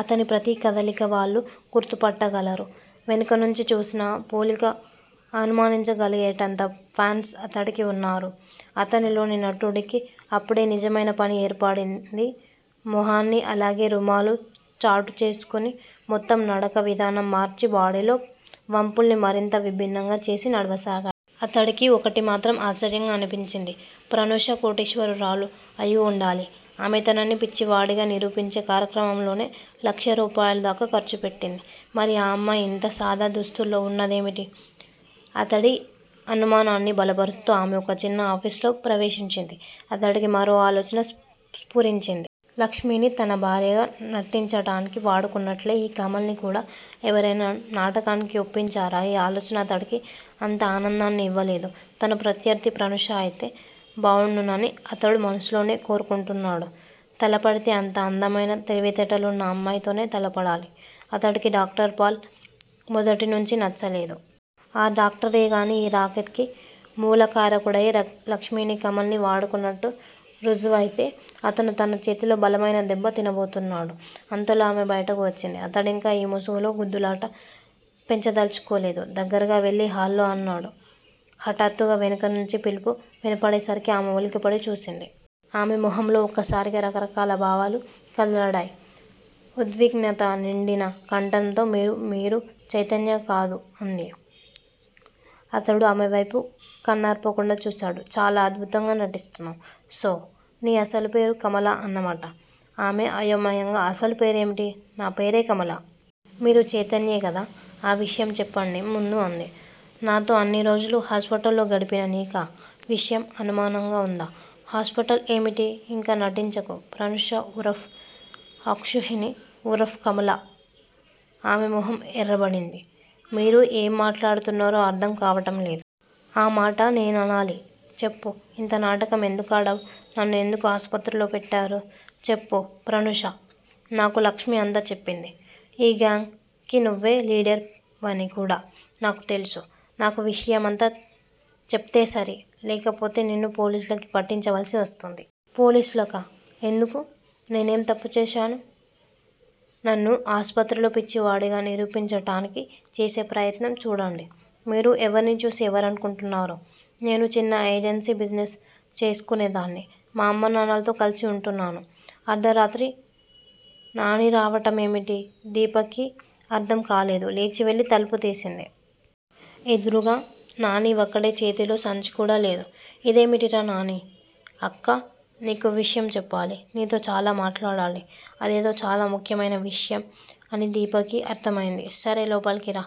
అతని ప్రతీ కదలికా వాళ్ళు గుర్తుపట్టగలరు. వెనుక నుంచి చూసినా పోలిక అనుమానించగలిగేటంత ఫాన్స్ అతడికి వున్నారు. అతనిలోని నటుడికి అప్పుడే నిజమైన పని ఏర్పడింది. మొహాన్ని అలాగే రూమాలు చాటుచేసుకుని మొత్తం నడక విధానం మార్చి బాడీలో వంపుల్ని మరింత విభిన్నంగా చేసి నడవసాగా. అతడికి ఒకటి మాత్రం ఆశ్చర్యంగా అనిపించింది. ప్రనూష కోటీశ్వరురాలు అయివుండాలి. ఆమె తనని పిచ్చివాడిగా నిరూపించే కార్యక్రమంలోనే లక్షరూపాయలదాకా ఖర్చు పెట్టింది. మరి ఆ అమ్మాయి ఇంత సాదా దుస్తుల్లో వున్నదేమిటి? అతడి అనుమానాన్ని బలపరుస్తూ ఆమె ఒక చిన్న ఆఫీసులో ప్రవేశించింది. అతడికి మరో ఆలోచన స్పురించింది. లక్ష్మిని తన భార్యగా నటించటానికి వాడుకున్నట్లే, ఈ కమల్ని కూడా ఎవరైనా నాటకానికి ఒప్పించారా? ఈ ఆలోచన అతడికి అంత ఆనందాన్ని యివ్వలేదు. తన ప్రత్యర్ధి ప్రనూష అయితే బావుండునని అతడు మనసులోనే కోరుకుంటున్నాడు. తలపడితే అంత అందమైన, తెలివితేటలున్న అమ్మాయితోనే తలపడాలి. అతడికి డాక్టర్ పాల్ మొదటినుంచీ నచ్చలేదు. ఆ డాక్టరేగాని ఈ రాకెట్ కి మూలకారకుడయి లక్ష్మినీ, కమలనీ వాడుకున్నట్టు ఋజువైతే, అతను తన చేతిలో బలమైన దెబ్బ తినబోతున్నాడు. అంతలో ఆమె బయటకు వచ్చింది. అతడింక ఈ ముసుగులో గుద్దులాట పెంచదల్చుకోలేదు. దగ్గరగా వెళ్ళి హల్లో అన్నాడు. హఠాత్తుగా వెనుకనుంచి పిలుపు వినపడేసరికి ఆమె ఉలిక్కిపడి చూసింది. ఆమె మొహంలో ఒక్కసారిగా రకరకాల భావాలు కదలాడాయి. ఉద్విగ్నత నిండిన కంఠంతో మీరు మీరు చైతన్య కదూ అంది. అతడు ఆమెవైపు కన్నార్పకుండా చూశాడు. చాలా అద్భుతంగా నటిస్తున్నావు. సో నీ అసలు పేరు కమల అన్నమాట. ఆమె అయోమయంగా అసలు పేరేమిటి? నా పేరే కమల. మీరు చైతన్యే కదా ఆ విషయం చెప్పండి ముందు అంది. నాతో అన్ని రోజులు హాస్పిటల్లో గడిపినా నీకా విషయం అనుమానంగా వుందా? హాస్పిటల్ ఏమిటి? ఇంకా నటించకు ప్రనూషా ఉరఫ్ అక్షౌహిణి ఉరఫ్ కమలా. ఆమె మొహం ఎర్రబడింది. మీరు ఏం మాట్లాడుతున్నారో అర్ధంకావటం లేదు. ఆ మాట నేననాలి. చెప్పు ఇంత నాటకం ఎందుకాడావు! నన్ను ఎందుకు ఆస్పత్రిలో పెట్టారు? చెప్పు ప్రనూషా! నాకు లక్ష్మి అంతా చెప్పింది. ఈ గ్యాంగ్ కి నువ్వే లీడర్ వని కూడా నాకు తెలుసు. నాకు విషయమంతా చెప్తేసరి. లేకపోతే నిన్ను పోలీసులకి పట్టించవలసి వస్తుంది. పోలీసులకా? ఎందుకు? నేనేం తప్పు చేశాను? నన్ను ఆస్పత్రిలో పిచ్చివాడిగా నిరూపించటానికి చేసే ప్రయత్నం. చూడండి, మీరు ఎవర్ని చూసి ఎవరనుకుంటున్నారో. నేను చిన్న ఏజెన్సీ బిజినెస్ చేసుకునేదాన్ని. మా అమ్మానాన్నలతో కలసి వుంటున్నాను. అర్ధరాత్రి నాని రావటం ఏమిటి? దీపకి అర్ధం కాలేదు లేచివెళ్ళి తలుపు తీసింది. ఎదురుగ నాని వక్కడే చేతిలో సంచీకూడా లేదు. ఇదేమిటిరా నానీ! అక్కా! నీకో విషయం చెప్పాలి నీతో చాలా మాట్లాడాలి. అదేదో చాలా ముఖ్యమైన విషయం అని దీపకి అర్ధం అయింది. సరే లోపలికి రా!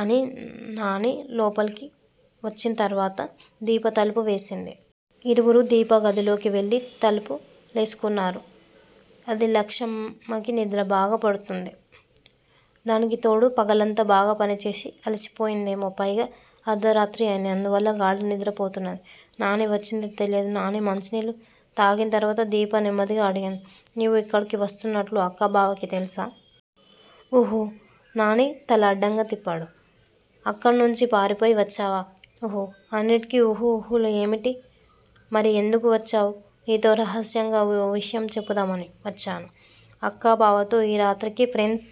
అని నాని లోపలికి వచ్చిం తరువాత దీప తలుపు వేసింది. ఇరువురు దీప గదిలోకి వెళ్ళి తలుపు లేసుకున్నారు. ఆదిలక్ష్మమ్మకి నిద్ర బాగా పడుతుంది. దానికి తోడు పగలంతా బాగా పనిచేసి అలసిపోయిందేమో పైగా అర్ధరాత్రి అయింది అందువల్ల గాఢ నిద్రపోతున్నది నాని వచ్చిందే తెలియదు. నాని మంచినీళ్ళు తాగింతరువాత దీప నెమ్మదిగా అడిగింది. నీవు యిక్కడికి వస్తున్నట్లు అక్క బావకి తెలుసా? ఉహూ. నాని తల అడ్డంగా తిప్పాడు. అక్కడనుంచి పారిపోయి వచ్చావా? ఉహూ అన్నింటికి ఉహూ ఉహూలు ఏమిటి? మరి ఎందుకు వచ్చావు! నీతో రహస్యంగ ఓ విషయం చెపుదామని వచ్చాను. అక్కా బావతో ఈ రాత్రికి ఫ్రెండ్స్